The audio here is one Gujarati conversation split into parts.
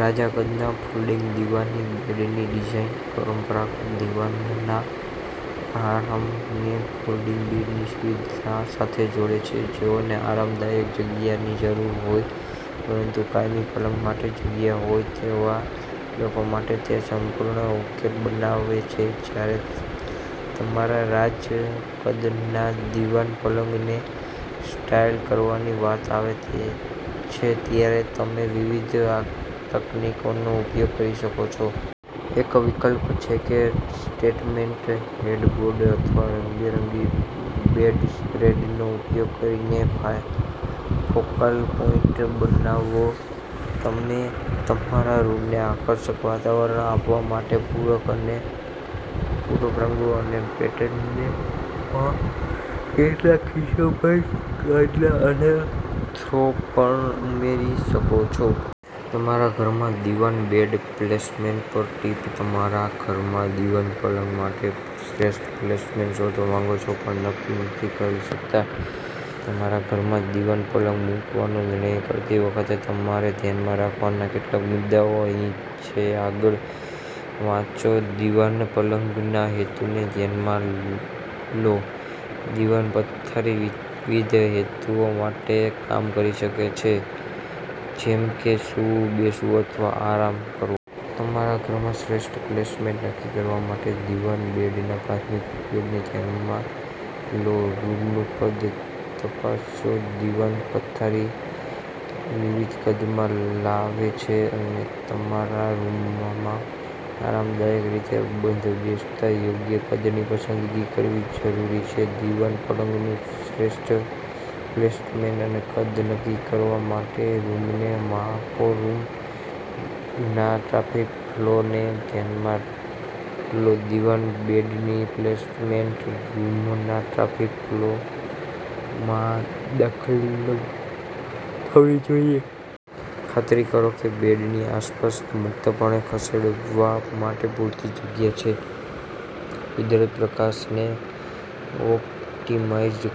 રાજા-કદના ફોલ્ડિંગ દીવાન બેડની ડિઝાઇન પરંપરાગત દીવાનના આરામને ફોલ્ડિંગ બેડની સુવિધા સાથે જોડે છે, જેઓને આરામદાયક જગ્યાની જરૂર હોય પરંતુ કાયમી પલંગ માટે જગ્યાહોય તેવા લોકો માટે તે સંપૂર્ણ ઉકેલ બનાવે છે. જ્યારે તમારા રાજા-કદના દીવાન પલંગને સ્ટાઇલ કરવાની વાત આવે છેત્યારે તમે વિવિધ તકનીકોનો ઉપયોગ કરી શકો છો. એક વિકલ્પછે કે સ્ટેટમેન્ટ હેડબોર્ડ અથવા રંગબેરંગી બેડસ્પ્રેડનો ઉપયોગ કરીને ફોકલ પોઇન્ટ બનાવવો. તમે તમારા રૂમને આકર્ષક વાતાવરણ આપવા માટે પૂરક રંગો અને પેટર્નમાં કેટલાક સુશોભન ગાદલા અને થ્રો પણ ઉમેરી શકો છો. તમારા ઘરમાં દિવાન બેડ પ્લેસમેન્ટ પર ટીપ તમારા ઘરમાં દિવાન પલંગ માટે શ્રેષ્ઠ પ્લેસમેન્ટ શોધવા માંગો છો પણ નક્કી નથી કરી શકતા? તમારા ઘરમાં દીવાન પલંગ મૂકવાનો નિર્ણય કરતી વખતે તમારે ધ્યાનમાં રાખવાના કેટલાક મુદ્દાઓ અહીં છેઆગળ વાંચોદિવાન પલંગના હેતુને ધ્યાનમાં લોદિવાન પથારી વિવિધ હેતુઓ માટે કામ કરી શકે છે, જેમ કે સૂવું, બેસવું અથવા આરામ કરવો. તમારા ઘરમાં શ્રેષ્ઠ પ્લેસમેન્ટ નક્કી કરવા માટે દિવાન બેડના પ્રાથમિક ઉપયોગને ધ્યાનમાં લોરૂમનું કદ તપાસોદીવાન પથારી વિવિધ કદમાં આવે છે, અને તમારા રૂમમાં આરામદાયક રીતે બંધબેસતા યોગ્ય કદની પસંદગી કરવી જરૂરી છે. દીવાન પલંગનું શ્રેષ્ઠ પ્લેસમેન્ટ અને કદ નક્કી કરવા માટે રૂમને માપોરૂમના ટ્રાફિક ફ્લોને ધ્યાનમાં લોદિવાન બેડની પ્લેસમેન્ટ રૂમના ટ્રાફિક ફ્લોમાં દખલથવી જોઈએ. ખાતરી કરો કે બેડની આસપાસ મુક્તપણે ખસેડવા માટે પૂરતી જગ્યા છે. કુદરતી પ્રકાશને ઑપ્ટિમાઇઝ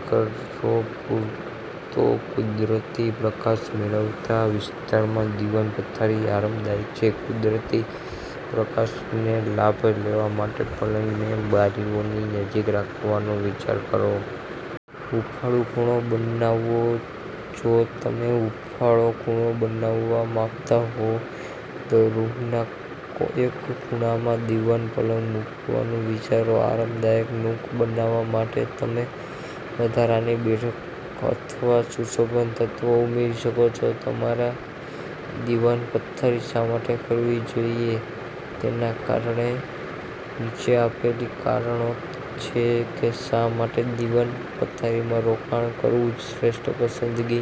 કરોપૂરતો કુદરતી પ્રકાશ મેળવતા વિસ્તારોમાં દીવાન પથારી આરામદાયક છે. કુદરતી પ્રકાશનો લાભ લેવા માટે પલંગને બારીઓની નજીક રાખવાનો વિચાર કરો. હૂંફાળું ખૂણો બનાવોજો તમે હૂંફાળું ખૂણો બનાવવા માંગતા હો, તો રૂમના એક ખૂણામાં દીવાન પલંગ મૂકવાનું વિચારો. આરામદાયક નૂક બનાવવા માટે તમે વધારાની બેઠક અથવા સુશોભન તત્વો ઉમેરી શકો છો. તમારે દિવાન પથારી શા માટે ખરીદવી જોઈએ તેના કારણો નીચે આપેલા કારણો છે કે શા માટે દિવાન પથારીમાં રોકાણ કરવું શ્રેષ્ઠ પસંદગી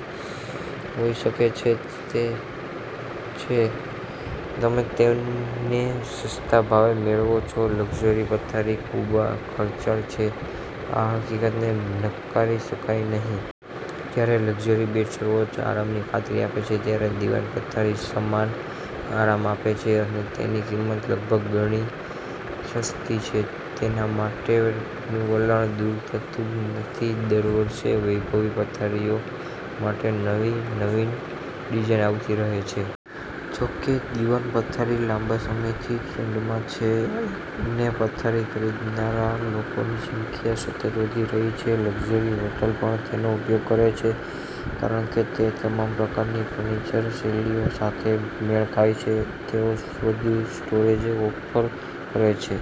હોઈ શકે છેતમે તેમને સસ્તા ભાવે મેળવો છો લક્ઝરી પથારી ખૂબ ખર્ચાળ છેઆ હકીકતને નકારી શકાય નહીં. જ્યારે લક્ઝરી બેડ સર્વોચ્ચ આરામની ખાતરી આપે છે, ત્યારે દિવાન પથારી સમાન આરામ આપે છે અને તેની કિંમત લગભગ ગણી સસ્તી છે. તેમના માટેનું વલણ દૂર થતું નથી દર વર્ષે વૈભવી પથારીઓ માટે નવી, નવીન ડિઝાઇન આવતી રહે છે. જો કે, દિવાન પથારી લાંબા સમયથી ટ્રેન્ડમાં છે અનેપથારી ખરીદનારા લોકોની સંખ્યા સતત વધી રહી છે. લક્ઝરી હોટલ પણ તેનો ઉપયોગ કરે છે કારણ કે તે તમામ પ્રકારની ફર્નિચર શૈલીઓ સાથે મેળ ખાય છે. તેઓ વધુ સ્ટોરેજ ઓફર કરે છે